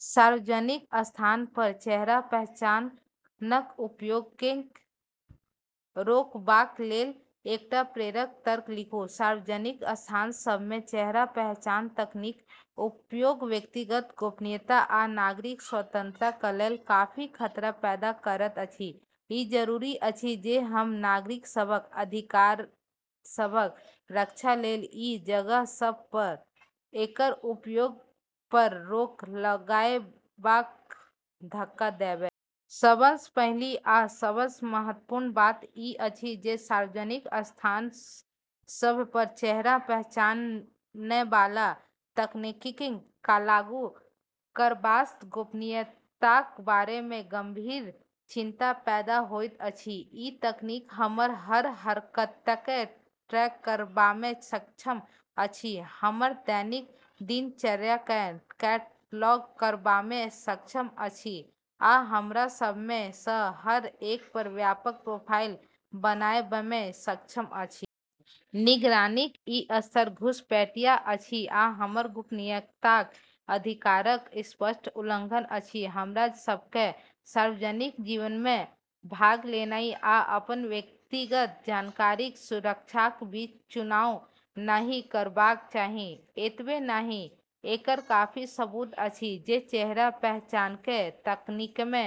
सार्वजनिक स्थानपर चेहरा पहचानक उपयोगकेँ रोकबाकलेल एकटा प्रेरक तर्क लिखू। सार्वजनिक स्थानसभमे चेहरा पहचान तकनीकक उपयोग व्यक्तिगत गोपनीयता आ नागरिक स्वतंत्रताकलेल काफी खतरा पैदा करैत अछि। ई जरूरी अछि जे हम नागरिकसभक अधिकारसभक रक्षालेल ई जगहसभपर एकर उपयोगपर रोक लगाएबाक धक्का देबै। सबसँ पहिल आ सबसँ महत्वपूर्ण बात ई अछि जे सार्वजनिक स्थानसभपर चेहरा पहचानैबाला तकनीककेँ लागू करबासँ गोपनीयताक बारेमे गंभीर चिंता पैदा होइत अछि। ई तकनीक हमर हर हरकतकेँ ट्रैक करबामे सक्षम अछि, हमर दैनिक दिनचर्याकेँ कैटलॉग करबामे सक्षम अछि, आ हमरासभमे सँ हर एकपर व्यापक प्रोफाइल बनाएबामे सक्षम अछि। निगरानीक ई स्तर घुसपैठिया अछि आ हमर गोपनीयताक अधिकारक स्पष्ट उल्लंघन अछि। हमरा सभकेँ सार्वजनिक जीवनमे भाग लेनाइ आ अपन व्यक्तिगत जानकारीक सुरक्षाक बीच चुनाव नहि करबाक चाही। एतबे नहि, एकर काफी सबूत अछि जे चेहरा पहचानैकेँ तकनीकमे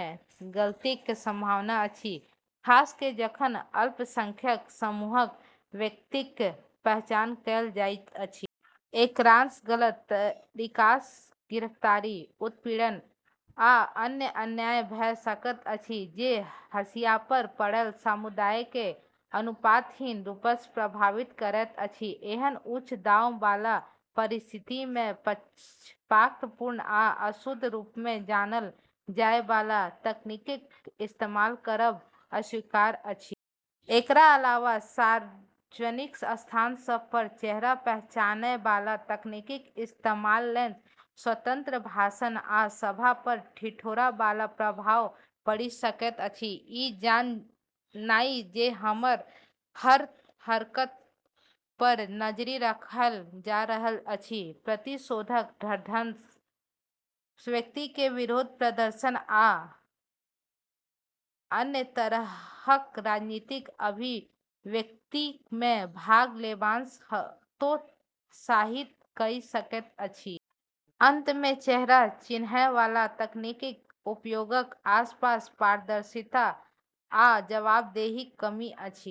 गलतीक संभावना अछि, खास कऽ जखन अल्पसंख्यक समूहक व्यक्तिक पहचान कएल जाइत अछि। एकरासँ गलत तरीकासँ गिरफ्तारी, उत्पीड़न आ अन्य अन्याय भऽ सकैत अछि जे हाशियापर पड़ल समुदायकेँ अनुपातहीन रूपसँ प्रभावित करैत अछि। एहन उच्च दांवबाला परिस्थितिमे पक्षपातपूर्ण आ अशुद्ध रूपमे जानल जाएबाला तकनीकक इस्तेमाल करब अस्वीकार्य अछि। एकरा अलावा सार्वजनिक स्थानसभपर चेहरा पहचानैबाला तकनीकक इस्तेमालसँ स्वतंत्र भाषण आ सभापर ठिठुरैबाला प्रभाव पड़ि सकैत अछि। ई जाननाइ जे हमर हर हरकतपर नजरि रखल जा रहल अछि, प्रतिशोधक डरसँ व्यक्ति केँ विरोध प्रदर्शन या अन्य तरहक राजनीतिक अभिव्यक्तिमे भाग लेबासँ हतोत्साहित कइ सकैत अछि। अंतमे, चेहरा चिन्हयवला तकनीकक उपयोगक आसपास पारदर्शिता आ जवाबदेहीक कमी अछि।